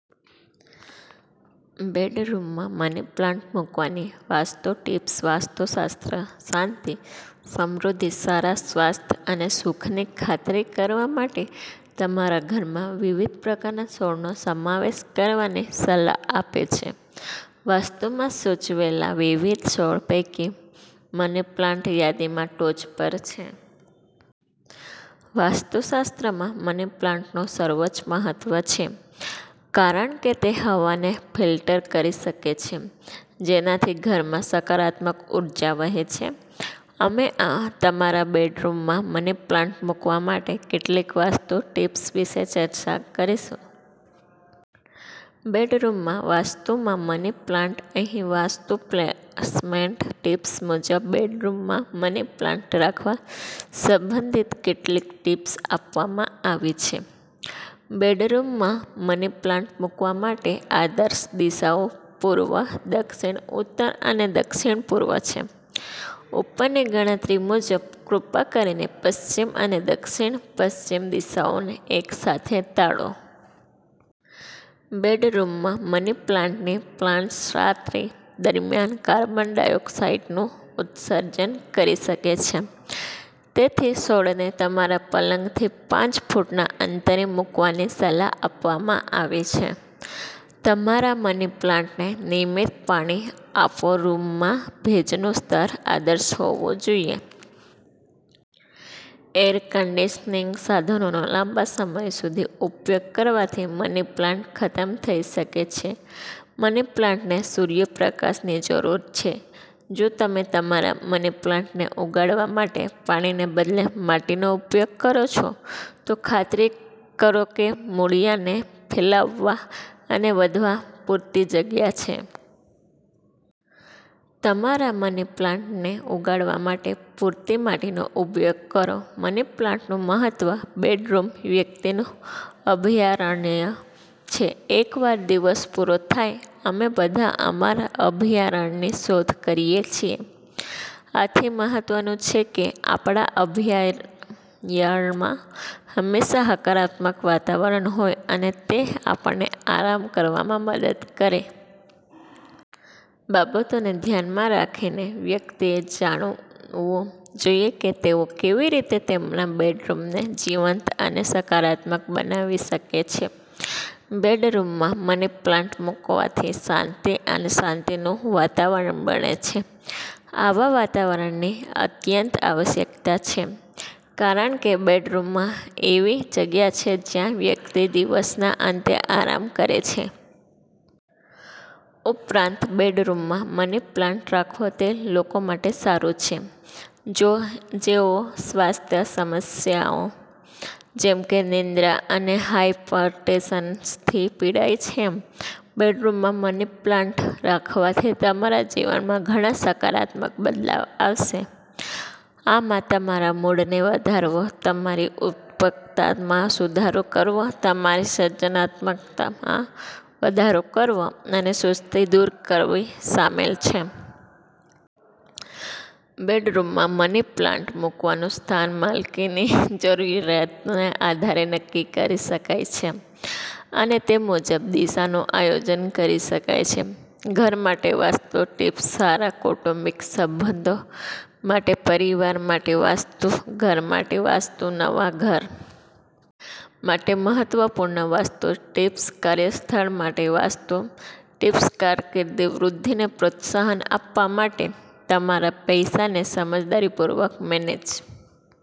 બેડરૂમમાં money plant મૂકવાની vastu tips vastu shastra શાંતિ, સમૃદ્ધિ, સારા સ્વાસ્થ્ય અને સુખની ખાતરી કરવા માટે તમારા ઘરમાં વિવિધ પ્રકારના છોડનો સમાવેશ કરવાની સલાહ આપે છે. વાસ્તુમાં સૂચવેલા વિવિધ છોડ પૈકી, મની પ્લાન્ટ યાદીમાં ટોચ પર છે. વાસ્તુશાસ્ત્રમાં મની પ્લાન્ટનું સર્વોચ્ચ મહત્વ છે, કારણ કે તે હવાને ફિલ્ટર કરી શકે છે, જેનાથી ઘરમાં સકારાત્મક ઉર્જા વહે છે. અમે તમારા બેડરૂમમાં મની પ્લાન્ટ મૂકવા માટે કેટલીક વાસ્તુ ટિપ્સ વિશે ચર્ચા કરીશું. બેડરૂમ વાસ્તુમાં મની પ્લાન્ટ અહીં વાસ્તુ પ્લેસમેન્ટ ટિપ્સ મુજબ બેડરૂમમાં મની પ્લાન્ટ રાખવા સંબંધિત કેટલીક ટિપ્સ આપવામાં આવી છે. બેડરૂમમાં મની પ્લાન્ટ મૂકવા માટે આદર્શ દિશાઓ પૂર્વ, દક્ષિણ, ઉત્તર અને દક્ષિણ-પૂર્વ છે. ઉપરની ગણતરી મુજબ, કૃપા કરીને પશ્ચિમ અને દક્ષિણ-પશ્ચિમ દિશાઓને એકસાથે ટાળો. બેડરૂમમાં મની પ્લાન્ટની પ્લાન્ટ્સ રાત્રિ દરમિયાન કાર્બન ડાયોક્સાઇડનું ઉત્સર્જન કરી શકે છે. તેથી, છોડને તમારા પલંગથી પાંચ ફૂટના અંતરે મૂકવાની સલાહ આપવામાં આવે છે. તમારા મની પ્લાન્ટને નિયમિત પાણી આપોરૂમમાં ભેજનું સ્તર આદર્શ હોવું જોઈએ. એર કન્ડીશનીંગ સાધનોનો લાંબા સમય સુધી ઉપયોગ કરવાથી મની પ્લાન્ટ ખતમ થઈ શકે છે. મની પ્લાન્ટને સૂર્યપ્રકાશની જરૂર છેજો તમે તમારા મની પ્લાન્ટને ઉગાડવા માટે પાણીને બદલે માટીનો ઉપયોગ કરો છો, તો ખાતરી કરો કે મૂળિયાને ફેલાવવા અને વધવા માટે પૂરતી જગ્યા છે. તમારા મની પ્લાન્ટને ઉગાડવા માટે પૂરતી માટીનો ઉપયોગ કરો મની પ્લાન્ટનું મહત્વ બેડરૂમવ્યક્તિનું અભયારણ્ય છે. એકવાર દિવસ પૂરો થાય, અમે બધા અમારા અભયારણ્યની શોધ કરીએ છીએ. આથીમહત્વનું છે કે આપણા અભયારણ્યમાં હંમેશા હકારાત્મક વાતાવરણ હોય અને તે આપણને આરામ કરવામાં મદદ કરે. બાબતોને ધ્યાનમાં રાખીને, વ્યક્તિએ જાણવું જોઈએ કે તેઓ કેવી રીતે તેમના બેડરૂમને જીવંત અને સકારાત્મક બનાવી શકે છે. બેડરૂમમાં મની પ્લાન્ટ મૂકવાથી શાંતિ અને શાંતિનું વાતાવરણ બને છે. આવા વાતાવરણની અત્યંત આવશ્યકતા છે કારણ કે બેડરૂમએવી જગ્યા છે જ્યાં વ્યક્તિ દિવસના અંતે આરામ કરે છે. ઉપરાંત, બેડરૂમમાં મની પ્લાન્ટ રાખવો તે લોકો માટે સારું છે જેઓ સ્વાસ્થ્ય સમસ્યાઓ જેમ કે નિંદ્રા અને હાયપરટેન્શનથી પીડાય છે. બેડરૂમમાં મની પ્લાન્ટ રાખવાથી તમારા જીવનમાં ઘણા સકારાત્મક બદલાવ આવશે. આમાં તમારા મૂડને વધારવો, તમારી ઉત્પાદકતામાં સુધારો કરવો, તમારી સર્જનાત્મકતામાં વધારો કરવો અને સુસ્તી દૂર કરવી શામેલ છે. બેડરૂમમાં મની પ્લાન્ટ મૂકવાનું સ્થાન માલિકની જરૂરિયાતોને આધારે નક્કી કરી શકાય છે, અને તે મુજબ, દિશાનું આયોજન કરી શકાય છે. ઘર માટે વાસ્તુ ટિપ્સસારા કૌટુંબિક સંબંધો માટેપરિવાર માટે વાસ્તુ, ઘર માટે વાસ્તુનવા ઘર માટે મહત્વપૂર્ણ વાસ્તુ ટિપ્સ, કાર્યસ્થળ માટે વાસ્તુ ટિપ્સકારકિર્દી વૃદ્ધિને પ્રોત્સાહન આપવા માટે, તમારા પૈસાને સમજદારીપૂર્વક મેનેજ